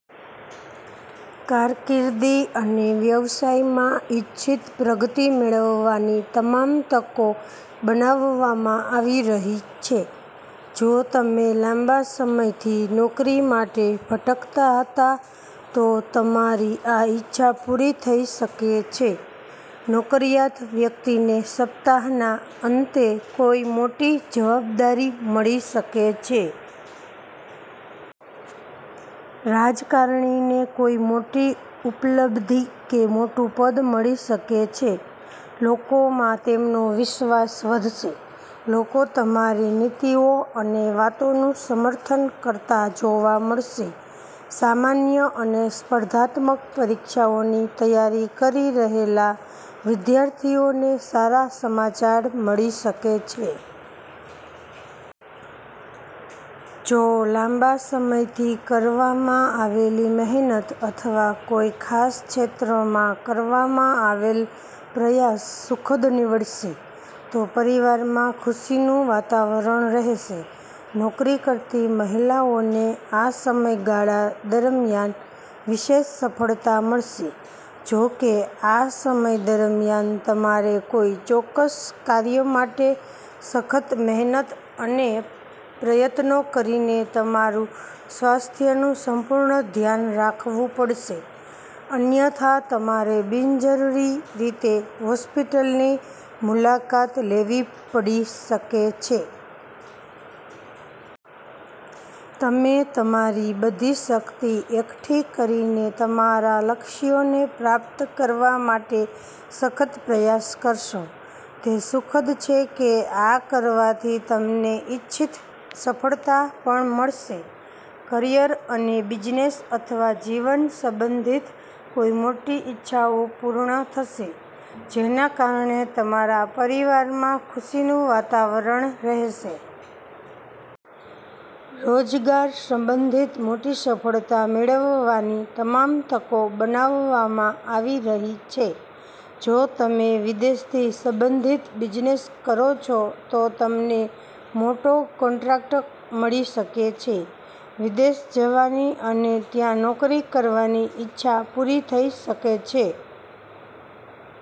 કારકિર્દી અને વ્યવસાયમાં ઇચ્છિત પ્રગતિ મેળવવાની તમામ તકો બનાવવામાં આવી રહી છે. જો તમે લાંબા સમયથી નોકરી માટે ભટકતા હતા, તો તમારી આ ઈચ્છા પૂરી થઈ શકે છે. નોકરીયાત વ્યક્તિને સપ્તાહના અંતે કોઈ મોટી જવાબદારી મળી શકે છે. રાજકારણીને કોઈ મોટી ઉપલબ્ધિ કે મોટું પદ મળી શકે છે. લોકોમાં તેમનો વિશ્વાસ વધશે. લોકો તમારી નીતિઓ અને વાતોનું સમર્થન કરતા જોવા મળશે. સામાન્ય અને સ્પર્ધાત્મક પરીક્ષાઓની તૈયારી કરી રહેલા વિદ્યાર્થીઓને સારા સમાચાર મળી શકે છે. જો લાંબા સમયથી કરવામાં આવેલી મહેનત અથવા કોઈ ખાસ ક્ષેત્રમાં કરવામાં આવેલ પ્રયાસ સુખદ નીવડશે તો પરિવારમાં ખુશીનું વાતાવરણ રહેશે. નોકરી કરતી મહિલાઓને આ સમયગાળા દરમિયાન વિશેષ સફળતા મળશે. જો કે, આ સમય દરમિયાન તમારે કોઈ ચોક્કસ કાર્ય માટે સખત મહેનત અને પ્રયત્નો કરીને તમારા સ્વાસ્થ્યનું સંપૂર્ણ ધ્યાન રાખવું પડશે, અન્યથા તમારે બિનજરૂરી રીતે હોસ્પિટલની મુલાકાત લેવી પડી શકે છે. તમે તમારી બધી શક્તિ એકઠી કરીને તમારા લક્ષ્યોને પ્રાપ્ત કરવા માટે સખત પ્રયાસ કરશો. તે સુખદ છે કે આ કરવાથી તમને ઇચ્છિત સફળતા પણ મળશે. કરિયર અને બિઝનેસ અથવા જીવન સંબંધિત કોઈ મોટી ઈચ્છાઓ પૂર્ણ થશે, જેના કારણે તમારા પરિવારમાં ખુશીનું વાતાવરણ રહેશે. રોજગાર સંબંધિત મોટી સફળતા મેળવવાની તમામ તકો બનાવવામાં આવી રહી છે. જો તમે વિદેશથી સંબંધિત બિઝનેસ કરો છો, તો તમને મોટો કોન્ટ્રાક્ટ મળી શકે છે. વિદેશ જવાની અને ત્યાં નોકરી કરવાની ઈચ્છા પૂરી થઈ શકે છે.